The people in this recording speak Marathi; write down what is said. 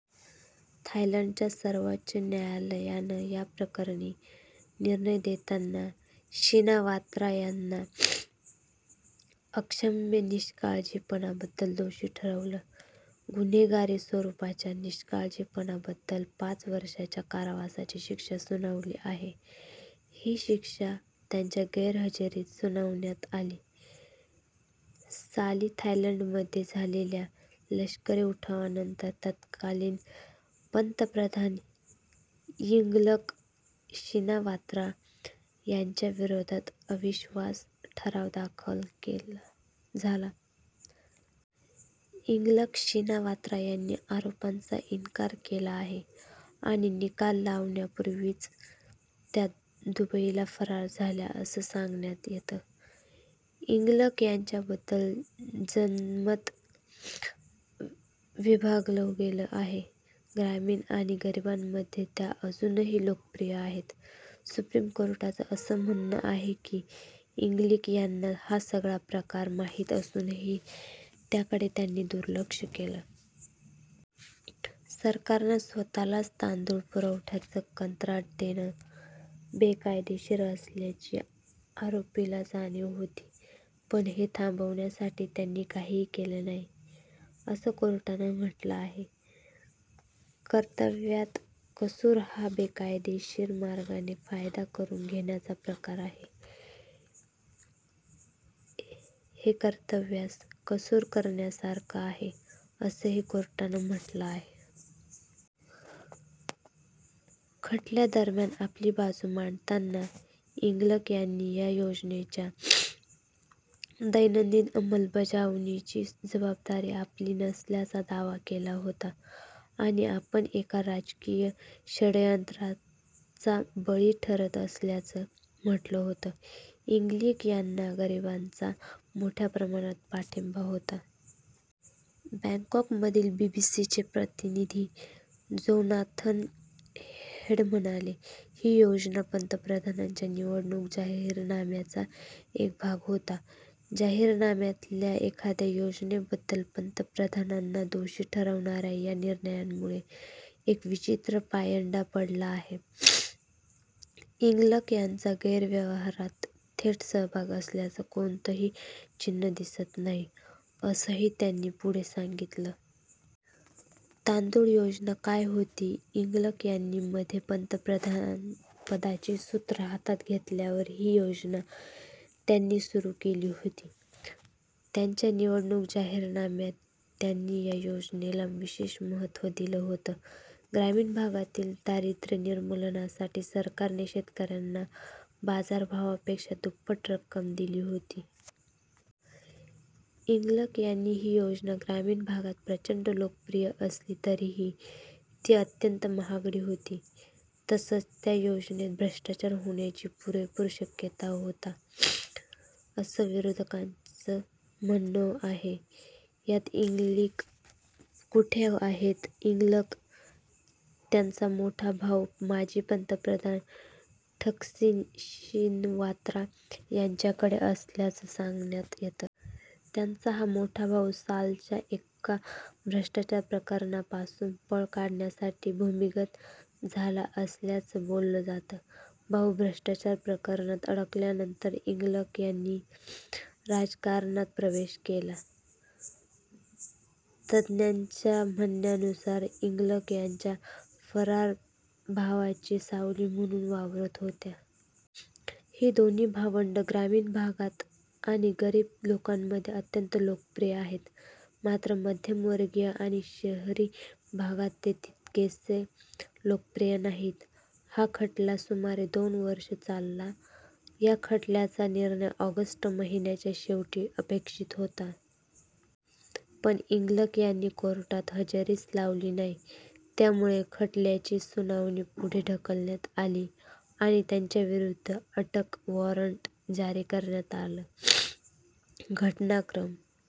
थायलंडच्या सर्वोच्च न्यायालयानं या प्रकरणी निर्णय देताना शिनावात्रा यांना अक्षम्य निष्काळजीपणाबद्दल दोषी ठरवलं. गुन्हेगारी स्वरूपाच्या निष्काळजीपणाबद्दल पाच वर्षाच्या कारावासाची शिक्षा सुनावली आहे. ही शिक्षा त्यांच्या गैरहजेरीत सुनावण्यात आली. साली थायलंडमध्ये झालेल्या लष्करी उठावानंतर तत्कालीन पंतप्रधान यिंगलक शिनावात्रा यांच्याविरोधात अविश्वास ठराव दाखल झाला. यिंगलक शिनावात्रा यांनी आरोपांचा इन्कार केला आहे आणि निकाल लागण्यापूर्वीच त्या दुबईला फरार झाल्या असं सांगण्यात येतं. यिंगलक यांच्याबद्दल जनमत विभागलं गेलं आहे. ग्रामीण आणि गरीबांमध्ये त्या अजूनही लोकप्रिय आहेत. सुप्रीम कोर्टाचं असं म्हणणं आहे की, यिंगलिक यांना हा सगळा प्रकार माहिती असूनही त्याकडे त्यांनी दुर्लक्ष केलं. सरकारनं स्वतःलाच तांदूळ पुरवठ्याचं कंत्राट देणं बेकायदेशीर असल्याची आरोपीला जाणीव होती. पण हे थांबवण्यासाठी त्यांनी काहीही केलं नाही, असं कोर्टानं म्हटलं आहे. कर्तव्यात कसूर हा बेकायदेशीर मार्गाने फायदा करून घेण्याचा प्रकार आहे. हे कर्तव्यात कसूर करण्यासारखं आहे, असंही कोर्टानं म्हटलं आहे. खटल्या दरम्यान, आपली बाजू मांडताना यिंगलक यांनी या योजनेच्या दैनंदिन अंमलबजावणीची जबाबदारी आपली नसल्याचा दावा केला होता आणि आपण एका राजकीय षड्यंत्राचा बळी ठरत असल्याचं म्हटलं होतं. यिंगलिक यांना गरिबांचा मोठ्या प्रमाणात पाठिंबा होता. बॅंकॉकमधील बीबीसीचे प्रतिनिधी जोनाथन हेड म्हणाले, ही योजना पंतप्रधानांच्या निवडणूक जाहीरनाम्याचा एक भाग होता. जाहीरनाम्यातल्या एखाद्या योजनेबद्दल पंतप्रधानांना दोषी ठरवणाऱ्या या निर्णयामुळे एक विचित्र पायंडा पडला आहे. यिंगलक यांचा गैरव्यवहारात थेट सहभाग असल्याचं कोणतंही चिन्हं दिसत नाही, असंही त्यांनी पुढे सांगितलं. तांदूळ योजना काय होती? यिंगलक यांनी मध्ये पंतप्रधानपदाची सूत्रं हातात घेतल्यावर ही योजना त्यांनी सुरू केली होती. त्यांच्या निवडणूक जाहीरनाम्यात त्यांनी या योजनेला विशेष महत्त्व दिलं होतं. ग्रामीण भागातील दारिद्र्य निर्मूलनासाठी सरकारने शेतकऱ्यांना बाजारभावापेक्षा दुप्पट रक्क्म दिली होती. यिंगलक यांची ही योजना ग्रामीण भागात प्रचंड लोकप्रिय असली तरीही ती अत्यंत महागडी होती. तसंच त्या योजनेत भ्रष्टाचार होण्याची पुरेपूर शक्यता होता, असं विरोधकांचं म्हणणं आहे. आता यिंगलिक कुठे आहेत? यिंगलक त्यांचा मोठा भाऊ माजी पंतप्रधान ठकसिन शिनवात्रा यांच्याकडे असल्याचं सांगण्यात येतं. त्यांचा हा मोठा भाऊ सालच्या एका भ्रष्टाचार प्रकरणापासून पळ काढण्यासाठी भूमिगत झाला असल्याचं बोललं जातं. भाऊ भ्रष्टाचार प्रकरणात अडकल्यानंतर यिंगलक यांनी राजकारणात प्रवेश केला. तज्ज्ञांच्या म्हणण्यानुसार यिंगलक त्यांच्या फरार भावाची सावली म्हणून वावरत होत्या. ही दोन्ही भावंडं ग्रामीण भागात आणि गरीब लोकांमध्ये अत्यंत लोकप्रिय आहेत. मात्र मध्यमवर्गीय आणि शहरी भागात ते तितकेसे लोकप्रिय नाहीत. हा खटला सुमारे दोन वर्षं चालला. या खटल्याचा निर्णय ऑगस्ट महिन्याच्या शेवटी अपेक्षित होता. पण यिंगलक यांनी कोर्टात हजेरीच लावली नाही. त्यामुळे खटल्याची सुनावणी पुढे ढकलण्यात आली आणि त्यांच्याविरूद्ध अटक वॉरंट जारी करण्यात आलं. घटनाक्रम